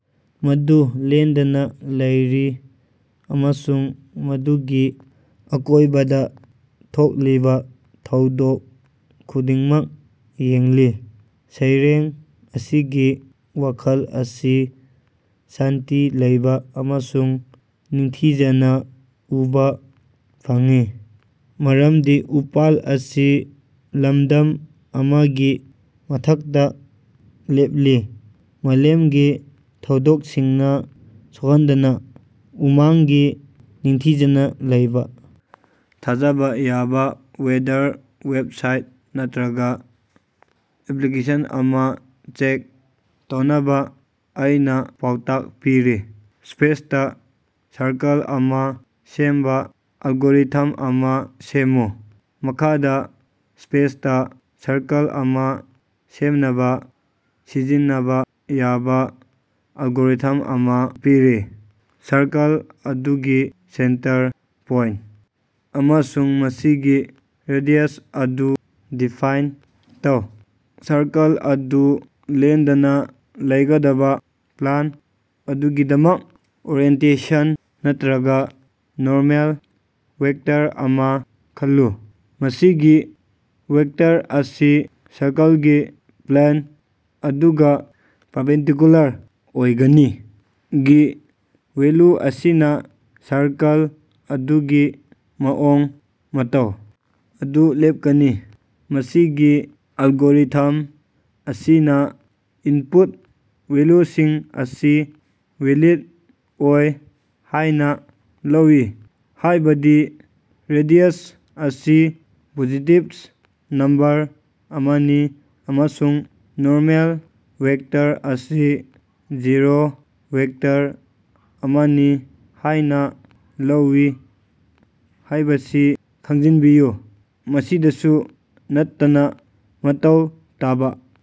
ꯃꯗꯨ ꯂꯦꯡꯗꯅ ꯂꯩꯔꯤ ꯑꯃꯁꯨꯡ ꯃꯗꯨꯒꯤ ꯑꯀꯣꯏꯕꯗ ꯊꯣꯛꯂꯤꯕ ꯊꯧꯗꯣꯛ ꯈꯨꯗꯤꯡꯃꯛ ꯌꯦꯡꯂꯤ꯫ ꯁꯩꯔꯦꯡ ꯑꯁꯤꯒꯤ ꯋꯥꯈꯜ ꯑꯁꯤ ꯁꯥꯟꯇꯤ ꯂꯩꯕ ꯑꯃꯁꯨꯡ ꯅꯤꯡꯊꯤꯖꯅ ꯎꯕ ꯐꯪꯏ ꯃꯔꯝꯗꯤ ꯎꯄꯥꯜ ꯑꯁꯤ ꯂꯝꯗꯝ ꯑꯃꯒꯤ ꯃꯊꯛꯇ ꯂꯦꯞꯂꯤ, ꯃꯥꯂꯦꯝꯒꯤ ꯊꯧꯗꯣꯛꯁꯤꯡꯅ ꯁꯣꯛꯍꯟꯗꯅ꯫ ꯎꯃꯪꯒꯤ ꯅꯤꯡꯊꯤꯖꯅ ꯂꯩꯕ ꯊꯥꯖꯕ ꯌꯥꯕ ꯋꯦꯗꯔ ꯋꯦꯕꯁꯥꯏꯠ ꯅꯠꯇ꯭ꯔꯒ ꯑꯦꯄ꯭ꯂꯤꯀꯦꯁꯟ ꯑꯃ ꯆꯦꯛ ꯇꯧꯅꯕ ꯑꯩꯅ ꯄꯥꯎꯇꯥꯛ ꯄꯤꯔꯤ꯫ ꯁ꯭ꯄꯦꯁꯇ ꯁꯔꯀꯜ ꯑꯃ ꯁꯦꯝꯕ ꯑꯜꯒꯣꯔꯤꯊꯝ ꯑꯃ ꯁꯦꯝꯃꯨ꯫ ꯃꯈꯥꯗ ꯁ꯭ꯄꯦꯁꯇ ꯁꯔꯀꯜ ꯑꯃ ꯁꯦꯝꯅꯕ ꯁꯤꯖꯤꯟꯅꯕ ꯌꯥꯕ ꯑꯜꯒꯣꯔꯤꯊꯝ ꯑꯃ ꯄꯤꯔꯤ: ꯁꯔꯀꯜ ꯑꯗꯨꯒꯤ ꯁꯦꯟꯇꯔ ꯄꯣꯏꯟ ꯑꯃꯁꯨꯡ ꯃꯁꯤꯒꯤ ꯔꯦꯗꯤꯌꯁ ꯑꯗꯨ ꯗꯤꯐꯥꯏꯟ ꯇꯧ꯫ ꯁꯔꯀꯜ ꯑꯗꯨ ꯂꯦꯡꯗꯅ ꯂꯩꯒꯗꯕ ꯄ꯭ꯂꯥꯟ ꯑꯗꯨꯒꯤꯗꯃꯛ ꯑꯣꯔꯦꯟꯇꯦꯁꯟ ꯅꯠꯇ꯭ꯔꯒ ꯅꯣꯔꯃꯦꯜ ꯚꯦꯛꯇꯔ ꯑꯃ ꯈꯜꯂꯨ꯫ ꯃꯁꯤꯒꯤ ꯚꯦꯛꯇꯔ ꯑꯁꯤ ꯁꯔꯀꯜꯒꯤ ꯄ꯭ꯂꯦꯟ ꯑꯗꯨꯒ ꯄꯥꯔꯄꯦꯟꯗꯤꯀꯨꯂꯔ ꯑꯣꯏꯒꯅꯤ꯫ ꯒꯤ ꯚꯦꯜꯌꯨ ꯑꯁꯤꯅ ꯁꯔꯀꯜ ꯑꯗꯨꯒꯤ ꯃꯑꯣꯡ ꯃꯇꯧ ꯑꯗꯨ ꯂꯦꯞꯀꯅꯤ꯫ ꯃꯁꯤꯒꯤ ꯑꯜꯒꯣꯔꯤꯊꯝ ꯑꯁꯤꯅ ꯏꯟꯄꯨꯠ ꯚꯦꯜꯌꯨꯁꯤꯡ ꯑꯁꯤ ꯚꯦꯂꯤꯗ ꯑꯣꯏ ꯍꯥꯏꯅ ꯂꯧꯏ, ꯍꯥꯏꯕꯗꯤ ꯔꯦꯗꯤꯌꯁ ꯑꯁꯤ ꯄꯣꯖꯤꯇꯤꯚ ꯅꯝꯕꯔ ꯑꯃꯅꯤ ꯑꯃꯁꯨꯡ ꯅꯣꯔꯃꯦꯜ ꯚꯦꯛꯇꯔ ꯑꯁꯤ ꯖꯤꯔꯣ ꯚꯦꯛꯇꯔ ꯑꯃꯅꯤ ꯍꯥꯏꯅ ꯂꯧꯏ ꯍꯥꯏꯕꯁꯤ ꯈꯪꯖꯤꯟꯕꯤꯌꯨ꯫ ꯃꯁꯤꯗꯁꯨ ꯅꯠꯇꯅ ꯃꯇꯧ ꯇꯥꯕ